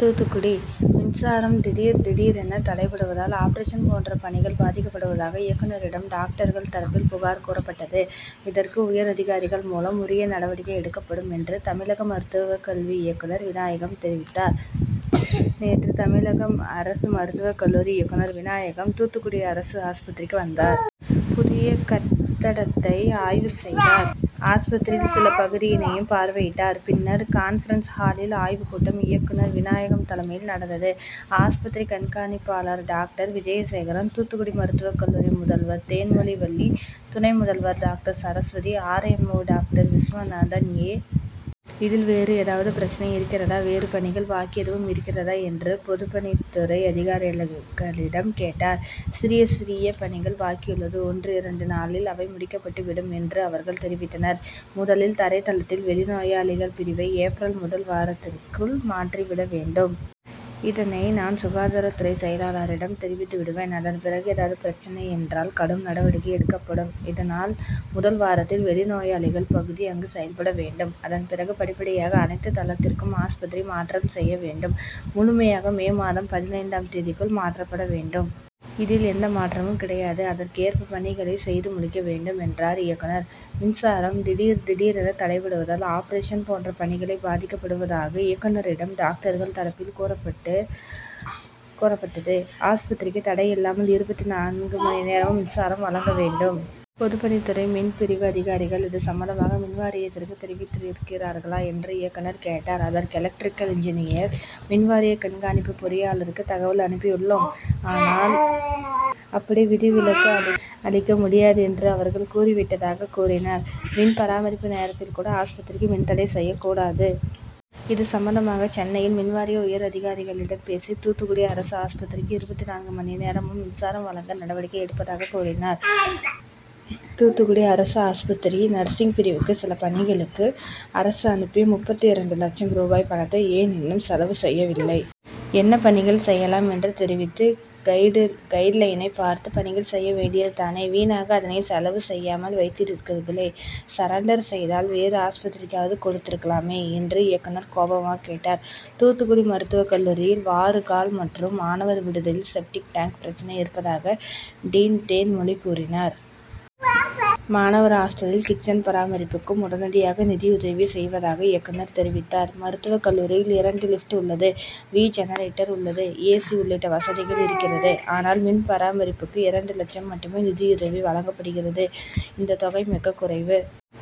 தூத்துக்குடி: மின்சாரம் திடீர், திடீரென தடைபடுவதால் ஆபரேஷன் போன்ற பணிகள் பாதிக்கப்படுவதாக இயக்குநரிடம் டாக்டர்கள் தரப்பில் புகார் கூறப்பட்டது. இதற்கு உயர் அதிகாரிகள் மூலம் உரிய நடவடிக்கை எடுக்கப்படும் என்று தமிழக மருத்துவக்கல்வி இயக்குநர் விநாயகம் தெரிவித்தார். நேற்று தமிழக அரசு மருத்துவக் கல்லூரி இயக்குநர் விநாயகம் தூத்துக்குடி அரசு ஆஸ்பத்திரிக்கு வந்தார். புதிய கட்டடத்தை ஆய்வு செய்தார். ஆஸ்பத்திரியில் சில பகுதியினையும் பார்வையிட்டார். பின்னர் கான்பரன்ஸ் ஹாலில் ஆய்வு கூட்டம் இயக்குநர் விநாயகம் தலைமையில் நடந்தது. ஆஸ்பத்திரி கண்காணிப்பாளர் டாக்டர் விஜயசேகரன், தூத்துக்குடி மருத்துவக் கல்லூரி முதல்வர் தேன்மொழிவள்ளி, துணை முதல்வர் doctor Saraswathi, R. M. O doctor Viswanathan, A. இதில் வேறு ஏதாவது பிரச்னை இருக்கிறதா, வேறு பணிகள் பாக்கி எதுவும் இருக்கிறதா என்று பொதுப்பணித்துறை அதிகாரிகளிடம் கேட்டார். சிறிய, சிறிய பணிகள் பாக்கியுள்ளது. ஒன்றிரண்டு நாளில் அவை முடிக்கப்பட்டு விடும் என்று அவர்கள் தெரிவித்தனர். முதலில் தரைத்தளத்தில் வெளிநோயாளிகள் பிரிவை ஏப்ரல் முதல் வாரத்திற்குள் மாற்றிவிட வேண்டும். இதனை நான் சுகாதாரத்துறை செயலாளரிடம் தெரிவித்து விடுவேன். அதன் பிறகு ஏதாவது பிரச்னை என்றால் கடும் நடவடிக்கை எடுக்கப்படும். இதனால் முதல் வாரத்தில் வெளி நோயாளிகள் பகுதி அங்கு செயல்பட வேண்டும். அதன் பிறகு படிப்படியாக அனைத்து தளத்திற்கும் ஆஸ்பத்திரி மாற்றம் செய்ய வேண்டும். முழுமையாக மே மாதம் பதினைந்து ஆம் தேதிக்குள் மாற்றப்பட வேண்டும். இதில் எந்த மாற்றமும் கிடையாது. அதற்கு ஏற்ப பணிகளை செய்து முடிக்க வேண்டும் என்றார் இயக்குநர். மின்சாரம் திடீர், திடீரென தடைபடுவதால் ஆபரேஷன் போன்ற பணிகள் பாதிக்கப்படுவதாக இயக்குநரிடம் டாக்டர்கள் தரப்பில் கூறப்பட்டு கூறப்பட்டது. ஆஸ்பத்திரிக்கு தடையில்லாமல் இருபத்தி நான்காம் மணி நேரமும் மின்சாரம் வழங்க வேண்டும். பொதுப்பணித்துறை மின் பிரிவு அதிகாரிகள் இது சம்பந்தமாக மின்வாரியத்திற்கு தெரிவித்திருக்கிறீர்களா என்று இயக்குநர் கேட்டார். அதற்கு எலக்டிரிக்கல் இன்ஜினியர் மின்வாரிய கண்காணிப்பு பொறியாளருக்கு தகவல் அனுப்பியுள்ளோம். ஆனால் அப்படி விதிவிலக்கு அளிக்க முடியாது என்று அவர்கள் கூறி விட்டதாக கூறினார். மின் பராமரிப்பு நேரத்தில் கூட ஆஸ்பத்திரிக்கு மின் தடை செய்யக் கூடாது. இது சம்பந்தமாக சென்னையில் மின்வாரிய உயர் அதிகாரிகளிடம் பேசி தூத்துக்குடி அரசு ஆஸ்பத்திரிக்கு இருபத்தி நான்காம் மணி நேரமும் மின்சாரம் வழங்க நடவடிக்கை எடுப்பதாக இயக்குநர் கூறினார். தூத்துக்குடி அரசு ஆஸ்பத்திரி நர்சிங் பிரிவுக்கு சில பணிகளுக்கு அரசு அனுப்பிய முப்பத்தி இரண்டு லட்சம் ரூபாய் பணத்தை ஏன் இன்னும் செலவு செய்யவில்லை. என்ன பணிகள் செய்யலாம் என்று தெரிவித்து கைடு கைடுலைனை பார்த்து பணிகள் செய்ய வேண்டியது தானே, வீணாக அதனை செலவு செய்யாமல் வைத்திருக்கிறீர்களே, சரண்டர் செய்தால் வேறு ஆஸ்பத்திரிக்காவது கொடுத்திருக்கலாமே என்று இயக்குநர் கோபமாக கேட்டார். தூத்துக்குடி மருத்துவக்கல்லூரியில் வாறுகால் மற்றும் மாணவர் விடுதியில் செப்டிக் டேங்க் பிரச்னை இருப்பதாக டீன் தேன்மொழி கூறினார். மாணவர் ஆஸ்டலில் கிச்சன் பராமரிப்புக்கும் உடனடியாக நிதியுதவி செய்வதாக இயக்குநர் தெரிவித்தார். மருத்துவக் கல்லூரியில் இரண்டு லிப்ட் உள்ளது. வி ஜெனரேட்டர் உள்ளது. ஏ. சி உள்ளிட்ட வசதிகள் இருக்கிறது. ஆனால் மின்பராமரிப்புக்கு இரண்டு லட்சம் மட்டுமே நிதியுதவி வழங்கப்படுகிறது. இந்த தொகை மிக குறைவு.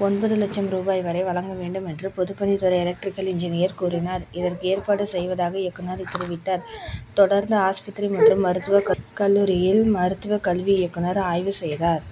ஒன்பது லட்சம் ரூபாய் வரை வழங்க வேண்டும் என்று பொதுப்பணித்துறை எலக்டிரிக்கல் இன்ஜினியர் கூறினார். இதற்கு ஏற்பாடு செய்வதாக இயக்குநர் தெரிவித்தார். தொடர்ந்து ஆஸ்பத்திரி மற்றும் மருத்துவ கல்லூரியில் மருத்துவக் கல்வி இயக்குநர் ஆய்வு செய்தார்.